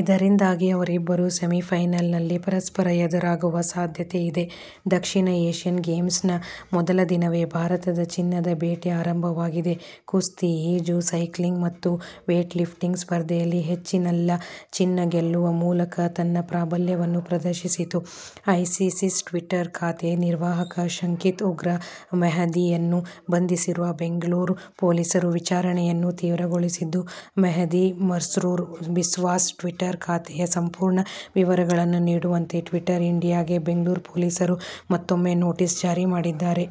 ಇದರಿಂದಾಗಿ ಅವರಿಬ್ಬರು ಸೆಮಿಫೈನಲ್ನಲ್ಲಿ ಪರಸ್ಪರ ಎದುರಾಗುವ ಸಾಧ್ಯತೆಯಿದೆ. ದಕ್ಷಿಣ ಏಶ್ಯನ್ ಗೇಮ್ಸ್ನ ಮೊದಲ ದಿನವೇ ಭಾರತದ ಚಿನ್ನದ ಬೇಟೆ ಆರಂಭವಾಗಿದೆ. ಕುಸ್ತಿ, ಈಜು, ಸೈಕ್ಲಿಂಗ್ ಮತ್ತು ವೇಟ್ಲಿಫ್ಟಿಂಗ್ ಸ್ಪರ್ಧೆಯಲ್ಲಿ ಹೆಚ್ಚಿನೆಲ್ಲ ಚಿನ್ನ ಗೆಲ್ಲುವ ಮೂಲಕ ತನ್ನ ಪ್ರಾಬಲ್ಯವನ್ನು ಪ್ರದರ್ಶಿಸಿತು. ಐಸಿಸ್ ಟ್ವೀಟರ್ ಖಾತೆ ನಿರ್ವಾಹಕ ಶಂಕಿತ ಉಗ್ರ ಮೆಹದಿಯನ್ನು ಬಂಧಿಸಿರುವ ಬೆಂಗಳೂರು ಪೊಲೀಸರು ವಿಚಾರಣೆಯನ್ನು ತೀವ್ರಗೊಳಿಸಿದ್ದು, ಮೆಹದಿ ಮಸ್ರೂರ್ ಬಿಸ್ವಾಸ್ ಟ್ವೀಟರ್ ಖಾತೆಯ ಸಂಪೂರ್ಣ ವಿವರಗಳನ್ನು ನೀಡುವಂತೆ ಟ್ವೀಟರ್ ಇಂಡಿಯಾಗೆ ಬೆಂಗಳೂರು ಪೊಲೀಸರು ಮತ್ತೊಮ್ಮೆ ನೋಟಿಸ್ ಜಾರಿ ಮಾಡಿದ್ದಾರೆ.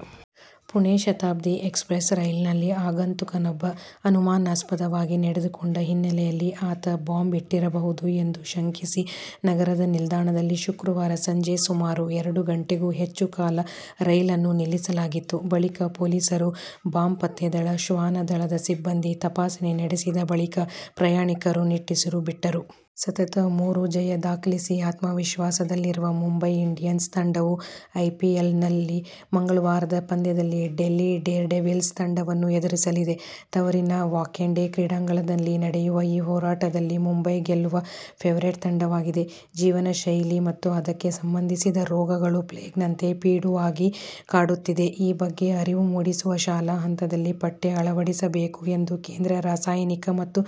ಪುಣೆ ಶತಾಬ್ದಿ ಎಕ್ಸಪ್ರಸ್ ರೈಲಿನಲ್ಲಿ ಆಗಂತುಕನೊಬ್ಬ ಅನುಮಾನಾಸ್ಪದವಾಗಿ ನಡೆದುಕೊಂಡ ಹಿನ್ನೆಲೆಯಲ್ಲಿ ಆತ ಬಾಂಬ್ ಇಟ್ಟಿರಬಹುದು ಎಂದು ಶಂಕಿಸಿ ನಗರದ ನಿಲ್ದಾಣದಲ್ಲಿ ಶುಕ್ರವಾರ ಸಂಜೆ ಸುಮಾರು ಎರಡು ಗಂಟೆಗೂ ಹೆಚ್ಚು ಕಾಲ ರೈಲನ್ನು ನಿಲ್ಲಿಸಲಾಗಿತ್ತು. ಬಳಿಕ, ಪೊಲೀಸರು, ಬಾಂಬ್ ಪತ್ತೆ ದಳ, ಶ್ವಾನ ದಳದ ಸಿಬ್ಬಂದಿ ತಪಾಸಣೆ ನಡೆಸಿದ ಬಳಿಕ ಪ್ರಯಾಣಿಕರು ನಿಟ್ಟುಸಿರು ಬಿಟ್ಟರು. ಸತತ ಮೂರು ಜಯ ದಾಖಲಿಸಿ ಆತ್ಮವಿಶ್ವಾಸದಲ್ಲಿರುವ ಮುಂಬೈ ಇಂಡಿಯನ್ಸ್ ತಂಡವು ಐಪಿಎಲ್ನ ಮಂಗಳವಾರದ ಪಂದ್ಯದಲ್ಲಿ ಡೆಲ್ಲಿ ಡೇರ್ಡೆವಿಲ್ಸ್ ತಂಡವನ್ನು ಎದುರಿಸಲಿದೆ. ತವರಿನ ವಾಂಖೇಡೆ ಕ್ರೀಡಾಂಗಣದಲ್ಲಿ ನಡೆಯುವ ಈ ಹೋರಾಟದಲ್ಲಿ ಮುಂಬೈ ಗೆಲ್ಲುವ ಫೇವರಿಟ್ ತಂಡವಾಗಿದೆ. ಜೀವನಶೈಲಿ ಮತ್ತು ಅದಕ್ಕೆ ಸಂಬಂಧಿಸಿದ ರೋಗಗಳು ಪ್ಲೇಗ್ನಂತೆ ಪಿಡುಗಾಗಿ ಕಾಡುತ್ತಿದ್ದು, ಈ ಬಗ್ಗೆ ಅರಿವು ಮೂಡಿಸಲು ಶಾಲಾ ಹಂತದಲ್ಲಿ ಪಠ್ಯ ಅಳವಡಿಸಬೇಕು ಎಂದು ಕೇಂದ್ರ ರಾಸಾಯನಿಕ ಮತ್ತು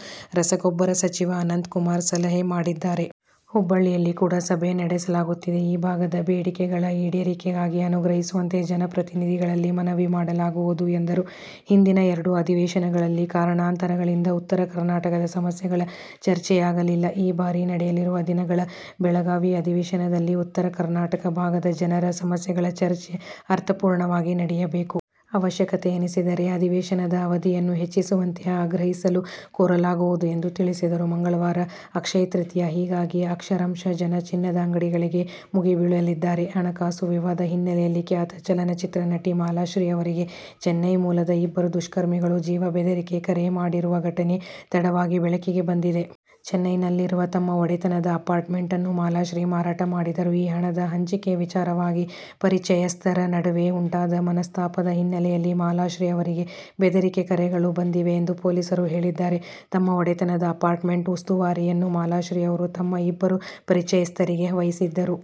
ರಸಗೊಬ್ಬರ ಸಚಿವ ಅನಂತಕುಮಾರ್ ಸಲಹೆ ಮಾಡಿದ್ದಾರೆ. ಹುಬ್ಬಳ್ಳಿಯಲ್ಲಿ ಕೂಡ ಸಭೆ ನಡೆಸಲಾಗುತ್ತಿದೆ. ಈ ಭಾಗದ ಬೇಡಿಕೆಗಳ ಈಡೇರಿಕೆಗಾಗಿ ಆಗ್ರಹಿಸುವಂತೆ ಜನಪ್ರತಿನಿಧಿಗಳಲ್ಲಿ ಮನವಿ ಮಾಡಲಾಗುವುದು ಎಂದರು. ಹಿಂದಿನ ಎರಡು ಅಧಿವೇಶನಗಳಲ್ಲಿ ಕಾರಣಾಂತರಗಳಿಂದ ಉತ್ತರ ಕರ್ನಾಟಕದ ಸಮಸ್ಯೆಗಳ ಚರ್ಚೆಯಾಗಲಿಲ್ಲ. ಈ ಬಾರಿ ನಡೆಯಲಿರುವ ದಿನಗಳ ಬೆಳಗಾವಿ ಅಧಿವೇಶನದಲ್ಲಿ ಉತ್ತರ ಕರ್ನಾಟಕ ಭಾಗದ ಜನರ ಸಮಸ್ಯೆಗಳ ಚರ್ಚೆ ಅರ್ಥಪೂರ್ಣವಾಗಿ ನಡೆಯಬೇಕು. ಅವಶ್ಯಕ ಎನಿಸಿದರೆ ಅಧಿವೇಶನದ ಅವಧಿಯನ್ನು ಹೆಚ್ಚಿಸುವಂತೆ ಆಗ್ರಹಿಸಲು ಕೋರಲಾಗುವುದು ಎಂದು ತಿಳಿಸಿದರು. ಮಂಗಳವಾರ ಅಕ್ಷಯ ತೃತೀಯ. ಹೀಗಾಗಿ ಅಕ್ಷರಶಃ ಜನ ಚಿನ್ನದ ಅಂಗಡಿಗಳಿಗೆ ಮುಗಿಬೀಳಲಿದ್ದಾರೆ. ಹಣಕಾಸು ವಿವಾದ ಹಿನ್ನೆಲೆಯಲ್ಲಿ ಖ್ಯಾತ ಚಲನಚಿತ್ರ ನಟಿ ಮಾಲಾಶ್ರೀ ಅವರಿಗೆ ಚೆನ್ನೈ ಮೂಲದ ಇಬ್ಬರು ದುಷ್ಕರ್ಮಿಗಳು ಜೀವ ಬೆದರಿಕೆ ಕರೆ ಮಾಡಿರುವ ಘಟನೆ ತಡವಾಗಿ ಬೆಳಕಿಗೆ ಬಂದಿದೆ. ಚೆನ್ನೈನಲ್ಲಿರುವ ತಮ್ಮ ಒಡೆತನದ ಅಪಾರ್ಟ್ಮೆಂಟ್ ಅನ್ನು ಮಾಲಾಶ್ರೀ ಮಾರಾಟ ಮಾಡಿದ್ದರು. ಈ ಹಣದ ಹಂಚಿಕೆ ವಿಚಾರವಾಗಿ ಪರಿಚಯಸ್ಥರ ನಡುವೆ ಉಂಟಾದ ಮನಸ್ತಾಪದ ಹಿನ್ನೆಲೆಯಲ್ಲಿ ಮಾಲಾಶ್ರೀ ಅವರಿಗೆ ಬೆದರಿಕೆ ಕರೆಗಳು ಬಂದಿವೆ ಎಂದು ಪೊಲೀಸರು ಹೇಳಿದ್ದಾರೆ. ತಮ್ಮ ಒಡೆತನದ ಅಪಾರ್ಟ್ಮೆಂಟ್ನ ಉಸ್ತುವಾರಿಯನ್ನು ಮಾಲಾಶ್ರೀ ಅವರು ತಮ್ಮ ಇಬ್ಬರು ಪರಿಚಯಸ್ಥರಿಗೆ ವಹಿಸಿದ್ದರು.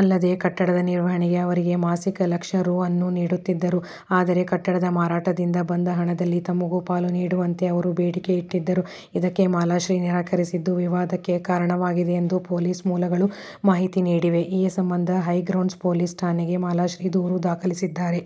ಅಲ್ಲದೆ, ಕಟ್ಟಡದ ನಿರ್ವಹಣೆಗೆ ಅವರಿಗೆ ಮಾಸಿಕ ಲಕ್ಷ ರೂ. ಅನ್ನು ನೀಡುತ್ತಿದ್ದರು. ಆದರೆ ಕಟ್ಟಡದ ಮಾರಾಟದಿಂದ ಬಂದ ಹಣದಲ್ಲಿ ತಮಗೂ ಪಾಲು ನೀಡುವಂತೆ ಅವರು ಬೇಡಿಕೆ ಇಟ್ಟಿದ್ದರು. ಇದಕ್ಕೆ ಮಾಲಾಶ್ರೀ ನಿರಾಕರಿಸಿದ್ದು ವಿವಾದಕ್ಕೆ ಕಾರಣವಾಗಿದೆ ಎಂದು ಪೊಲೀಸ್ ಮೂಲಗಳು ಮಾಹಿತಿ ನೀಡಿವೆ. ಈ ಸಂಬಂಧ ಹೈಗ್ರೌಂಡ್ಸ್ ಪೊಲೀಸ್ ಠಾಣೆಗೆ ಮಾಲಾಶ್ರೀ ದೂರು ದಾಖಲಿಸಿದ್ದಾರೆ.